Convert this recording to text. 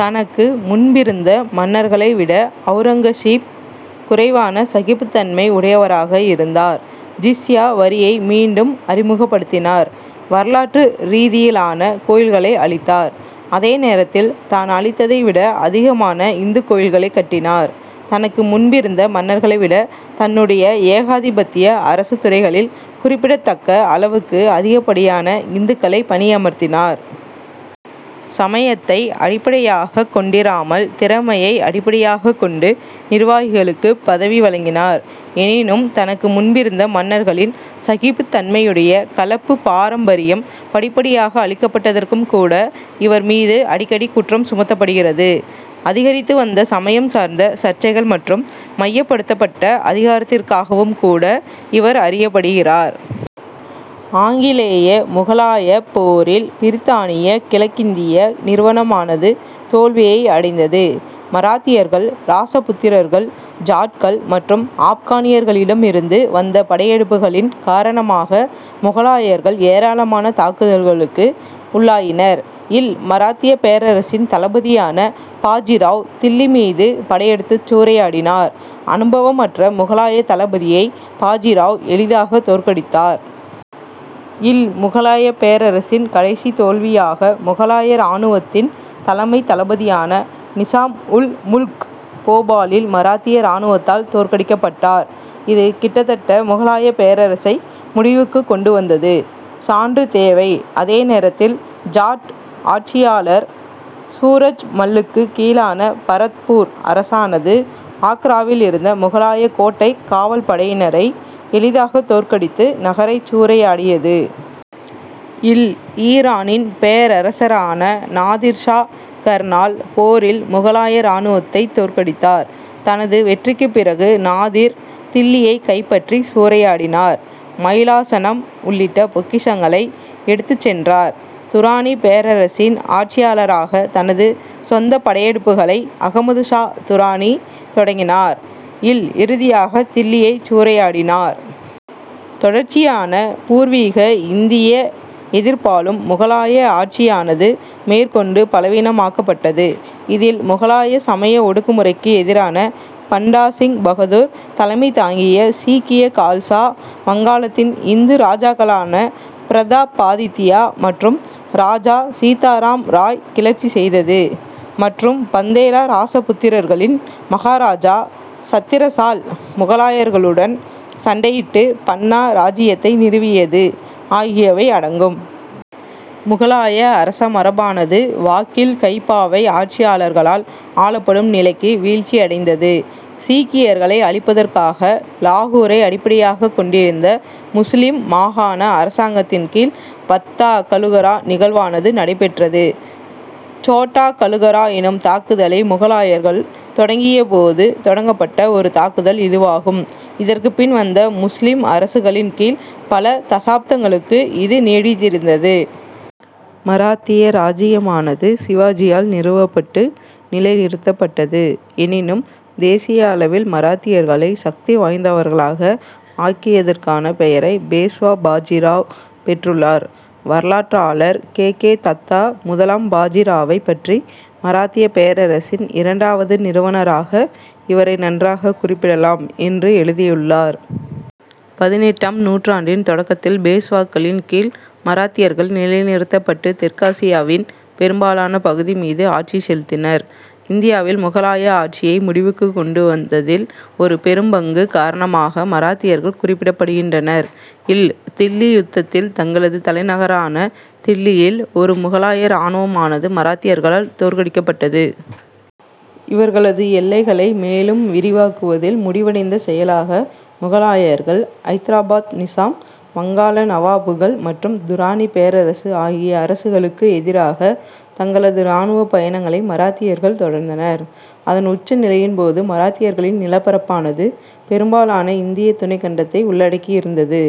தனக்கு முன்பிருந்த மன்னர்களை விட ஔரங்கசீப் குறைவான சகிப்புத் தன்மை உடையவராக இருந்தார். ஜிஸ்யா வரியை மீண்டும் அறிமுகப்படுத்தினார். வரலாற்று ரீதியிலான கோயில்களை அழித்தார். அதே நேரத்தில், தான் அழித்ததை விட அதிகமான இந்துக் கோயில்களைக் கட்டினார். தனக்கு முன்பிருந்த மன்னர்களை விட தன்னுடைய ஏகாதிபத்திய அரசுத் துறைகளில் குறிப்பிடத்தக்க அளவுக்கு அதிகப்படியான இந்துக்களைப் பணியமர்த்தினார். சமயத்தை அடிப்படையாகக் கொண்டிராமல் திறமையை அடிப்படையாகக் கொண்டு நிர்வாகிகளுக்குப் பதவி வழங்கினார். எனினும், தனக்கு முன்பிருந்த மன்னர்களின் சகிப்புத் தன்மையுடைய கலப்புப் பாரம்பரியம் படிப்படியாக அழிக்கப்பட்டதற்கும் கூட இவர் மீது அடிக்கடி குற்றம் சுமத்தப்படுகிறது. அதிகரித்து வந்த சமயம் சார்ந்த சர்ச்சைகள் மற்றும் மையப்படுத்தப்பட்ட அதிகாரத்திற்காகவும் கூட இவர் அறியப்படுகிறார். ஆங்கிலேய முகலாயப் போரில் பிரித்தானியக் கிழக்கிந்திய நிறுவனமானது தோல்வியை அடைந்தது. மராத்தியர்கள் இராசபுத்திரர்கள் ஜாட்கள் மற்றும் ஆப்கானியர்களிடமிருந்து வந்த படையெடுப்புகளின் காரணமாக முகலாயர்கள் ஏராளமான தாக்குதல்களுக்கு உள்ளாயினர். இல் மராத்தியப் பேரரசின் தளபதியான பாஜிராவ் தில்லி மீது படையெடுத்துச் சூறையாடினார். அனுபவமற்ற முகலாயத் தளபதியை பாஜிராவ் எளிதாகத் தோற்கடித்தார். இல் முகலாயப் பேரரசின் கடைசித் தோல்வியாக முகலாய இராணுவத்தின் தலைமைத் தளபதியான நிசாம் உல் முல்க் போபாலில் மராத்திய இராணுவத்தால் தோற்கடிக்கப்பட்டார். இது கிட்டத்தட்ட முகலாயப் பேரரசை முடிவுக்குக் கொண்டு வந்தது. சான்று தேவை அதே நேரத்தில் ஜாட் ஆட்சியாளர் சூரஜ் மல்லுக்குக் கீழான பரத்பூர் அரசானது ஆக்ராவில் இருந்த முகலாயக் கோட்டைக் காவல் படையினரை எளிதாகத் தோற்கடித்து நகரைச் சூறையாடியது. இல் ஈரானின் பேரரசரான நாதிர் ஷா கர்னால் போரில் முகலாய இராணுவத்தைத் தோற்கடித்தார். தனது வெற்றிக்குப் பிறகு நாதிர் தில்லியைக் கைப்பற்றிச் சூறையாடினார். மயிலாசனம் உள்ளிட்ட பொக்கிஷங்களை எடுத்துச் சென்றார். துராணிப் பேரரசின் ஆட்சியாளராக தனது சொந்தப் படையெடுப்புகளை அகமது ஷா துராணி தொடங்கினார். இல் இறுதியாக தில்லியைச் சூறையாடினார். தொடர்ச்சியான பூர்வீக இந்திய எதிர்ப்பாலும் முகலாய ஆட்சியானது மேற்கொண்டு பலவீனமாக்கப்பட்டது. இதில் முகலாய சமய ஒடுக்குமுறைக்கு எதிரான பண்டா சிங் பகதூர் தலைமை தாங்கிய சீக்கிய கால்சா வங்காளத்தின் இந்து இராஜாக்களான பிரதாபாதித்யா மற்றும் இராஜா சீதாராம் ராய் கிளர்ச்சி செய்தது, மற்றும் பந்தேலா இராசபுத்திரர்களின் மகாராஜா சத்திரசால் முகலாயர்களுடன் சண்டையிட்டு பன்னா இராச்சியத்தை நிறுவியது ஆகியவை அடங்கும். முகலாய அரசமரபானது வாக்கில் கைப்பாவை ஆட்சியாளர்களால் ஆளப்படும் நிலைக்கு வீழ்ச்சியடைந்தது. சீக்கியர்களை அழிப்பதற்காக இலாகூரை அடிப்படையாகக் கொண்டிருந்த முசுலிம் மாகாண அரசாங்கத்தின் கீழ் வத்தா கலுகரா நிகழ்வானது நடைபெற்றது. சோட்டா கலுகரா எனும் தாக்குதலை முகலாயர்கள் தொடங்கிய போது தொடங்கப்பட்ட ஒரு தாக்குதல் இதுவாகும். இதற்குப் பின் வந்த முசுலிம் அரசுகளின் கீழ் பல தசாப்தங்களுக்கு இது நீடித்திருந்தது. மராத்திய இராச்சியமானது சிவாஜியால் நிறுவப்பட்டு, நிலை நிறுத்தப்பட்டது. எனினும், தேசிய அளவில் மராத்தியர்களை சக்தி வாய்ந்தவர்களாக ஆக்கியதற்கான பெயரை பேஷ்வா பாஜிராவ் பெற்றுள்ளார். வரலாற்றாளர் கே. கே. தத்தா முதலாம் பாஜிராவைப் பற்றி மராத்தியப் பேரரசின் இரண்டாவது நிறுவனராக இவரை நன்றாகக் குறிப்பிடலாம் என்று எழுதியுள்ளார். பதினெட்டாம் நூற்றாண்டின் தொடக்கத்தில் பேஷ்வாக்களின் கீழ் மராத்தியர்கள் நிலை நிறுத்தப்பட்டு, தெற்காசியாவின் பெரும்பாலான பகுதி மீது ஆட்சி செலுத்தினர். இந்தியாவில் முகலாய ஆட்சியை முடிவுக்குக் கொண்டு வந்ததில் ஒரு பெரும் பங்கு காரணமாக மராத்தியர்கள் குறிப்பிடப்படுகின்றனர். இல் தில்லி யுத்தத்தில் தங்களது தலைநகரான தில்லியில் ஒரு முகலாய இராணுவமானது மராத்தியர்களால் தோற்கடிக்கப்பட்டது. இவர்களது எல்லைகளை மேலும் விரிவாக்குவதில் முடிவடைந்த செயலாக முகலாயர்கள், ஐதராபாத் நிசாம், வங்காள நவாபுகள் மற்றும் துராணிப் பேரரசு ஆகிய அரசுகளுக்கு எதிராகத் தங்களது இராணுவப் பயணங்களை மராத்தியர்கள் தொடர்ந்தனர். அதன் உச்ச நிலையின் போது மராத்தியர்களின் நிலப்பரப்பானது பெரும்பாலான இந்தியத் துணைக்கண்டத்தை உள்ளடக்கியிருந்தது.